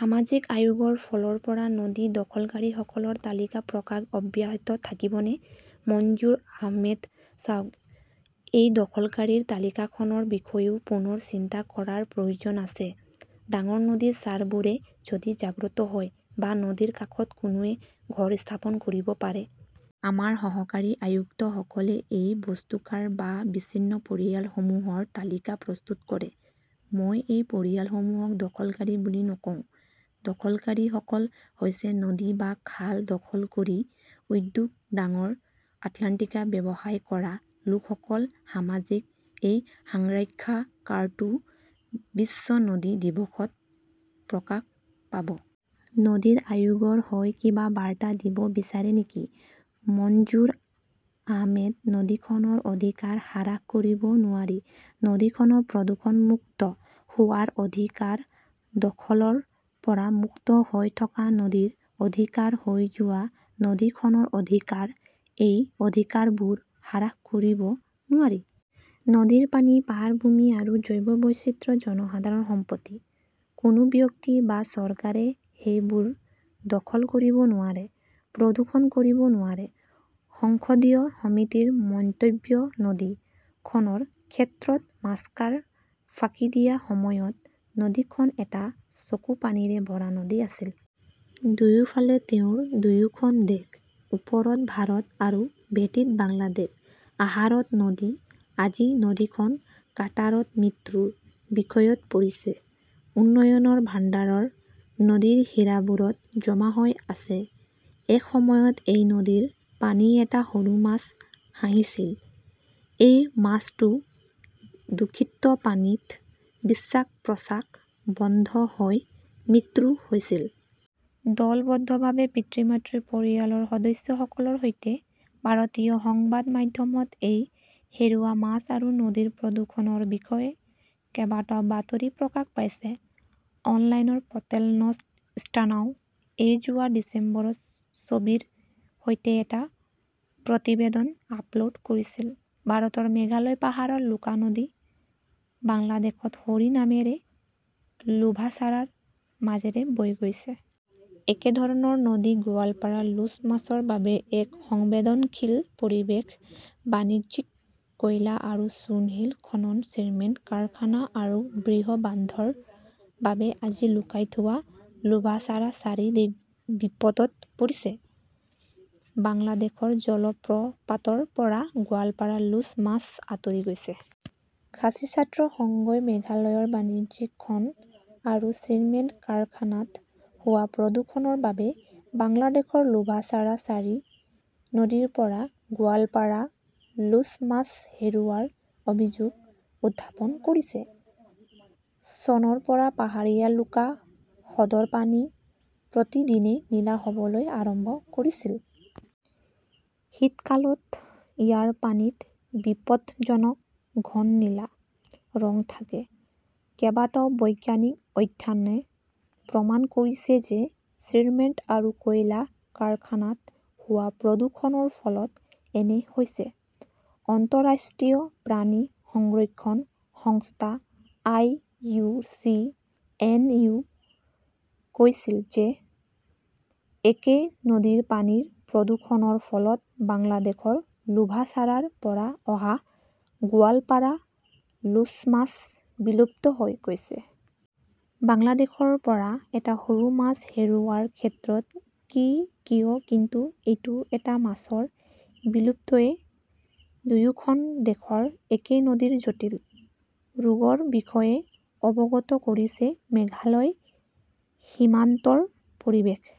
সামাজিক আয়োগৰ ফালৰ পৰা নদী দখলকাৰীসকলৰ তালিকা প্ৰকাশ অব্যাহত থাকিবনে মনজুৰ আহমেদঃ চাওক, এই দখলকাৰীৰ তালিকাখনৰ বিষয়েও পুনৰ চিন্তা কৰাৰ প্ৰয়োজন আছে। ডাঙৰ নদীৰ চাৰবোৰে যদি জাগ্ৰত হয় বা নদীৰ কাষত কোনোৱে ঘৰ স্থাপন কৰিব পাৰে। আমাৰ সহকাৰী আয়ুক্তসকলে এই বস্তুকাৰ বা বিচ্ছিন্ন পৰিয়ালসমূহৰ তালিকা প্ৰস্তুত কৰে। মই এই পৰিয়ালসমূহক দখলকাৰী বুলি নকওঁ। দখলকাৰীসকল হৈছে নদী বা খাল দখল কৰি উদ্যোগ, ডাঙৰ অট্টালিকা, ব্যৱসায় কৰা লোকসকল। সমসাময়িকঃ এই সাক্ষাৎকাৰটো বিশ্ব নদী দিৱসত প্ৰকাশ পাব। নদীৰ আয়োগৰ হৈ কিবা বাৰ্তা দিব বিচাৰে নেকি মনজুৰ আহমেদঃ নদীখনৰ অধিকাৰ হ্ৰাস কৰিব নোৱাৰি। নদীখনৰ প্ৰদূষণমুক্ত হোৱাৰ অধিকাৰ। দখলৰ পৰা মুক্ত হৈ থকা নদীৰ অধিকাৰ। বৈ যোৱা নদীখনৰ অধিকাৰ। এই অধিকাৰবোৰ হ্ৰাস কৰিব নোৱাৰি। নদীৰ পানী, পাৰ, ভূমি আৰু জৈৱ বৈচিত্ৰ্য জনসাধাৰণৰ সম্পত্তি। কোনো ব্যক্তি বা চৰকাৰে সেইবোৰ দখল কৰিব নোৱাৰে, প্ৰদূষণ কৰিব নোৱাৰে। সংসদীয় সমিতিৰ মন্তব্যঃ নদী খননৰ ক্ষেত্ৰত মাস্কাৰ ফাঁকি দিয়া এসময়ত, নদীখন এটা চকুপানীৰে ভৰা নদী আছিল। দুয়োফালে তেওঁৰ দুয়োখন দেশ। ওপৰত ভাৰত আৰু ভাটীত বাংলাদেশ। আহাৰত নদী! আজি নদীখন কাটাৰাত মৃত্যুৰ বিষত পৰিছে। উন্নয়নৰ ভাণ্ডাৰ নদীৰ শিৰাবোৰত জমা হৈ আছে। এসময়ত এই নদীৰ পানীত এটা সৰু মাছ হাঁহিছিল। এই মাছটো দূষিত পানীত শ্বাস-প্ৰশ্বাস বন্ধ হৈ মৃত্যু হৈছিল। দলবদ্ধভাৱে, পিতৃ-মাতৃ, পৰিয়ালৰ সদস্যসকলৰ সৈতে। ভাৰতীয় সংবাদ মাধ্যমত এই হেৰুওৱা মাছ আৰু নদীৰ প্ৰদূষণৰ বিষয়ে কেইবাটাও বাতৰি প্ৰকাশ পাইছে। অনলাইন প’ৰ্টেল নৰ্থইষ্টনাউ এ যোৱা ডিচেম্বৰত ছবিৰ সৈতে এটা প্ৰতিবেদন আপলোড কৰিছিল। ভাৰতৰ মেঘালয় পাহাৰৰ লুকা নদী বাংলাদেশত সৰী নামেৰে লোভাছাৰাৰ মাজেৰে বৈ গৈছে। একেধৰণৰ নদী 'গোৱালপাড়া লোচ "মাছৰ বাবে এক সংবেদনশীল পৰিৱেশ। বাণিজ্যিক কয়লা আৰু চূণশিল খনন, চিমেণ্ট কাৰখানা আৰু বৃহৎ বান্ধৰ বাবে আজি লুকাই থোৱা লোভাছাৰা-ছাৰী বিপদত পৰিছে। বাংলাদেশৰ জলপ্ৰপাতৰ পৰা 'গোৱালপাৰা লোচ মাছ আঁতৰি গৈছে। খাচী ছাত্ৰ সংঘই মেঘালয়ৰ বাণিজ্যিক খনন আৰু চিমেণ্ট কাৰখানাত হোৱা প্ৰদূষণৰ বাবে বাংলাদেশৰ লোভাচাৰা-ছাৰী নদীৰ পৰা 'গোৱালপাৰা লোচ "মাছ হেৰুওৱাৰ অভিযোগ উত্থাপন কৰিছে। চনৰ পৰা পাহাৰীয়া লুকা হ্ৰদৰ পানী প্ৰতিদিনে নীলা হ 'বলৈ আৰম্ভ কৰিছিল। শীতকালত ইয়াৰ পানীত বিপদজনক ঘন নীলা ৰং থাকে। কেইবাটাও বৈজ্ঞানিক অধ্যয়নে প্ৰমাণ কৰিছে যে চিমেণ্ট আৰু কয়লা কাৰখানাত হোৱা প্ৰদূষণৰ ফলত এনে হৈছে। আন্তঃৰাষ্ট্ৰীয় প্ৰাণী সংৰক্ষণ সংস্থা আই. ইউ. চি. এন. ও কৈছিল যে একে নদীৰ পানীৰ প্ৰদূষণৰ ফলত বাংলাদেশৰ লোভাচাৰাৰ পৰা অহা গোৱালপাড়া লোচ মাছ বিলুপ্ত হৈ গৈছে। বাংলাদেশৰ পৰা এটা সৰু মাছ হেৰুওৱাৰ ক্ষেত্ৰত কি হয় কিন্তু এইটো এটা মাছৰ বিলুপ্তিয়ে দুয়োখন দেশৰ একে নদীৰ জটিল ৰোগৰ বিষয়ে অৱগত কৰিছে। মেঘালয় সীমান্তৰ পৰিৱেশ